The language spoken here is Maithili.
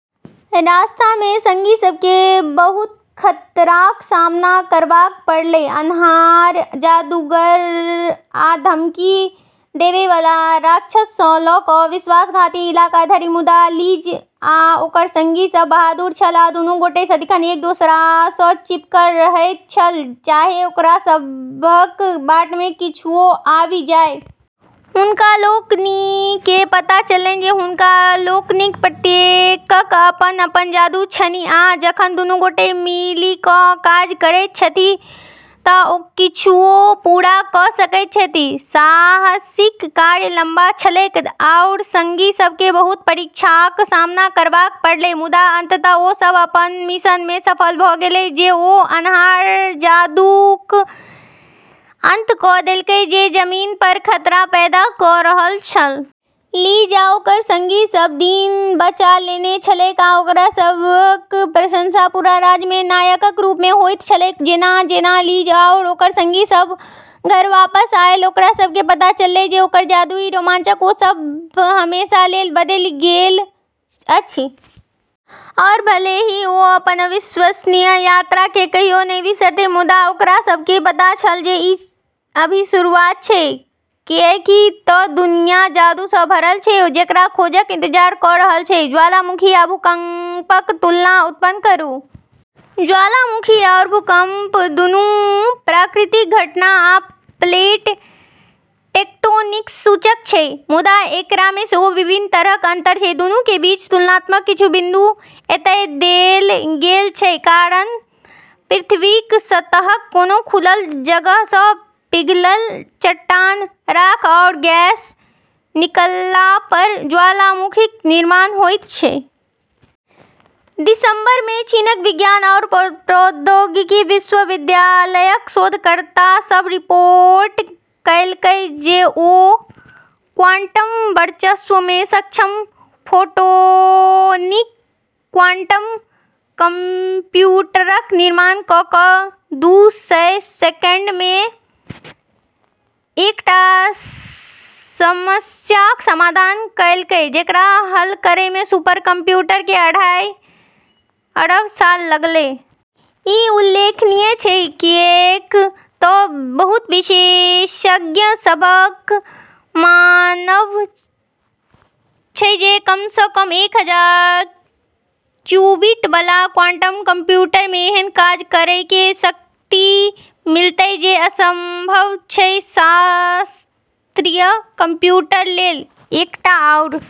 रास्तामे संगी सभकेँ बहुत खतराक सामना करबाक पड़लै, अन्हार जादूगर आ धमकी देबैवाला राक्षससँ लऽ कऽ विश्वासघाती इलाका धरि। मुदा लिज आ ओकर संगी सभ बहादुर छल, आ दूनू गोटे सदिखन एक दोसरासँ चिपकल रहैत छल, चाहे ओकरा सभक बाटमे किछुओ आबि जाय। हुनका लोकनिकेँ पता चललनि जे हुनका लोकनिक प्रत्येकक अपन-अपन जादू छनि आ जखन दूनू गोटे मिलिकऽ काज करैत छथि तऽ किछुओ पूरा कऽ सकैत छथि। साहसिक कार्य लंबा छलैक, आओर संगी सभकेँ बहुत परीक्षाक सामना करबाक पड़लै, मुदा अंततः, ओ सभ अपन मिशनमे सफल भऽ गेलै जे ओ अन्हार जादूक अंत कऽ देलकै जे जमीनपर खतरा पैदा कऽ रहल छल। लिज आ ओकर संगी सभ दिन बचा लेने छलैक, आ ओकरा सभक प्रशंसा पूरा राज्यमे नायकक रूपमे होइत छलैक। जेना-जेना लिज आओर ओकर संगी सभ घर वापस आएल, ओकरा सभकेँ पता चललै जे ओकर जादुई रोमांचसँ ओ सभ हमेशा लेल बदलि गेल अछि। आओर भले ही ओ अपन अविश्वसनीय यात्राकेँ कहियो नहि बिसरतै, मुदा ओकरा सभकेँ पता छल जे ई अभी शुरुआत छै, किऐक तऽ दुनिया जादूसँ भरल छल जेकरा खोजक इंतजार कऽ रहल छै। ज्वालामुखी आ भूकम्पक तुलना उत्पन्न करू। ज्वालामुखी आओर भूकंप दूनू प्राकृतिक घटना आ प्लेट टेक्टोनिक्सक सूचक छै, मुदा एकरामे सेहो विभिन्न तरहक अंतर छै। दूनू के बीच तुलनाक किछु बिंदु एतय देल गेल छै: कारण: पृथ्वीक सतहक कोनो खुलल जगहसँ पिघलल चट्टान, राख आओर गैस निकललापर ज्वालामुखीक निर्माण होइत छै। दिसंबरमे चीनक विज्ञान आओर प्रौद्योगिकी विश्वविद्यालयक शोधकर्ता सभ रिपोर्ट कएलकै जे ओ क्वांटम वर्चस्वमे सक्षम फोटोनिक क्वांटम कंप्यूटरक निर्माण कऽ कऽ दू सय सेकंडमे एकटा समस्याक समाधान कएलकै जेकरा हल करैमे सुपर कंप्यूटरकेँ अढ़ाई अरब साल लगतै। ई उल्लेखनीय छै, किऐक तऽ बहुत विशेषज्ञ सभक मानब छै जे कमसँ कम एक हजार क्यूबिट बला क्वांटम कंप्यूटरमे एहन काज करैके शक्ति मिलतै जे असंभव छै शास्त्रीय कंप्यूटर लेल। एकटा आओर।